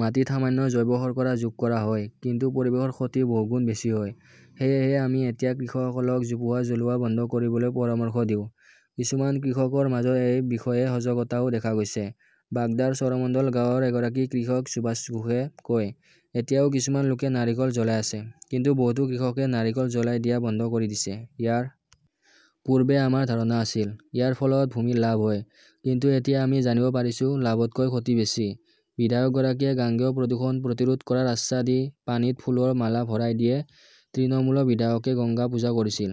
মাটিত সামান্য জৈৱ-শৰ্কৰা যোগ কৰা হয়, কিন্তু পৰিৱেশৰ ক্ষতি বহুগুণ বেছি হয়। সেয়েহে আমি এতিয়া কৃষকসকলক জোপোহা জ্বলোৱা বন্ধ কৰিবলৈ পৰামৰ্শ দিওঁ। কিছুমান কৃষকৰ মাজত এই বিষয়ে সজাগতাও দেখা গৈছে। বাগদাৰ চৰমণ্ডল গাঁৱৰ এগৰাকী কৃষক সুভাষ ঘোষে কয়, এতিয়াও কিছুমান লোকে নাৰিকল জ্বলাই আছে, কিন্তু বহুতো কৃষকে নাৰিকল জ্বলাই দিয়া বন্ধ কৰি দিছে। ইয়াৰ পূৰ্বে আমাৰ ধাৰণা আছিল, ইয়াৰ ফলত ভূমিৰ লাভ হয়। কিন্তু এতিয়া আমি জানিব পাৰিছো, লাভতকৈ ক্ষতি বেছি। বিধায়কগৰাকীয়ে গাঙ্গেয় প্ৰদূষণ প্ৰতিৰোধ কৰাৰ আশ্বাস দি পানীত ফুলৰ মালা ভৰাই দিয়ে তৃণমূল বিধায়কে গংগা পূজা কৰিছিল,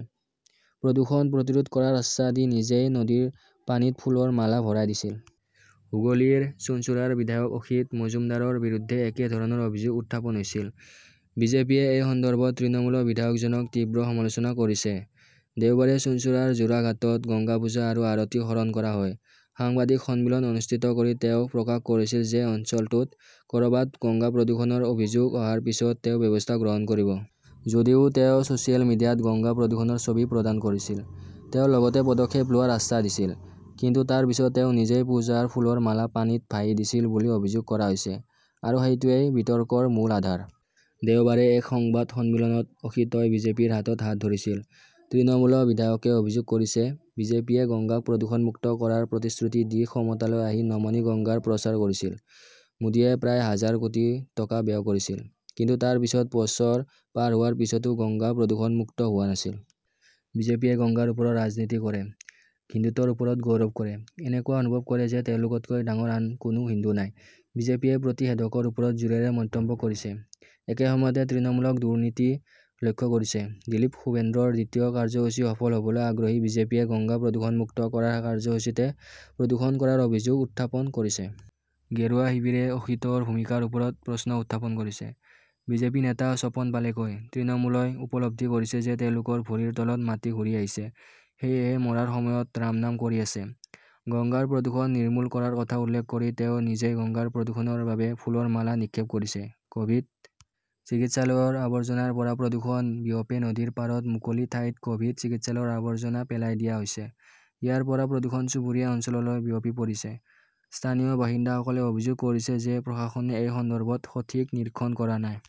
প্ৰদূষণ প্ৰতিৰোধ কৰাৰ আশ্বাস দি নিজেই নদীৰ পানীত ফুলৰ মালা ভৰাই দিছিল। হুগলীৰ চুঞ্চুৰাৰ বিধায়ক অসিত মজূমদাৰৰ বিৰুদ্ধে একেধৰণৰ অভিযোগ উত্থাপন হৈছিল। বিজেপিয়ে এই সন্দৰ্ভত তৃণমূল বিধায়কজনক তীব্ৰ সমালোচনা কৰিছে। দেওবাৰে চুঞ্চুৰাৰ জোড়াঘাটত গংগা পূজা আৰু আৰতি সৰণ কৰা হয়। সাংবাদিক সন্মিলন অনুষ্ঠিত কৰি তেওঁ প্ৰকাশ কৰিছিল যে অঞ্চলটোত কৰবাত গংগা প্ৰদূষণৰ অভিযোগ অহাৰ পিছত তেওঁ ব্যৱস্থা গ্ৰহণ কৰিব। যদিও তেওঁ ছচিয়েল মিডিয়াত গংগা প্ৰদূষণৰ ছবি প্ৰদান কৰিছিল, তেওঁ লগতে পদক্ষেপ লোৱাৰ আশ্বাস দিছিল। কিন্তু তাৰ পিছত তেওঁ নিজেই পূজাৰ ফুলৰ মালা পানীত ভাহি দিছিল বুলি অভিযোগ কৰা হৈছে। আৰু সেইটোৱেই বিতৰ্কৰ মূল আধাৰ। দেওবাৰে এক সংবাদ সন্মিলনত অসিতই বিজেপিৰ হাতত হাত ধৰিছিল। তৃণমূল বিধায়কে অভিযোগ কৰিছে, বিজেপিয়ে গংগাক প্ৰদূষণমুক্ত কৰাৰ প্ৰতিশ্ৰুতি দি ক্ষমতালৈ আহি 'নমমী গংগাৰ প্ৰচাৰ কৰিছিল। মোদীয়ে প্ৰায় হাজাৰ কোটি টকা ব্যয় কৰিছিল। কিন্তু তাৰ পিছত বছৰ পাৰ হোৱাৰ পিছতো গংগা প্ৰদূষণমুক্ত হোৱা নাছিল। বিজেপিয়ে গংগাৰ ওপৰত ৰাজনীতি কৰে, হিন্দুত্বৰ ওপৰত গৌৰৱ কৰে। এনেকুৱা অনুভৱ কৰে যে তেওঁলোকতকৈ ডাঙৰ আন কোনো হিন্দু নাই। বিজেপিয়ে প্ৰতিষেধকৰ ওপৰত জোৰেৰে মন্তব্য কৰিছে, একে সময়তে তৃণমূলক 'দুৰ্নীতি লক্ষ্য কৰিছেঃ দিলীপ-শুভেন্দ্ৰৰ দ্বিতীয় কাৰ্যসূচী সফল হবলৈ আগ্ৰহী বিজেপিয়ে গংগা প্ৰদূষণমুক্ত কৰাৰ কাৰ্যসূচীতে প্ৰদূষণ কৰাৰ অভিযোগ উত্থাপন কৰিছে? গেৰুৱা শিবিৰে অসিতৰ ভূমিকাৰ ওপৰত প্ৰশ্ন উত্থাপন কৰিছে। বিজেপি নেতা স্বপন পালে কয়, তৃণমূলই উপলব্ধি কৰিছে যে তেওঁলোকৰ ভৰিৰ তলত মাটি ঘূৰি আহিছে। সেয়েহে মৰাৰ সময়ত ৰামনাম কৰি আছে। গংগাৰ প্ৰদূষণ নিৰ্মূল কৰাৰ কথা উল্লেখ কৰি তেওঁ নিজেই গংগাৰ প্ৰদূষণৰ বাবে ফুলৰ মালা নিক্ষেপ কৰিছে। কভিড চিকিৎসালয়ৰ আৱৰ্জনাৰ পৰা প্ৰদূষণ বিয়পে নদীৰ পাৰত মুকলি ঠাইত কভিড চিকিৎসালয়ৰ আৱৰ্জনা পেলাই দিয়া হৈছে। ইয়াৰ পৰা প্ৰদূষণ চুবুৰীয়া অঞ্চললৈ বিয়পি পৰিছে। স্থানীয় বাসিন্দাসকলে অভিযোগ কৰিছে যে প্ৰশাসনে এই সন্দৰ্ভত সঠিক নিৰীক্ষণ কৰা নাই।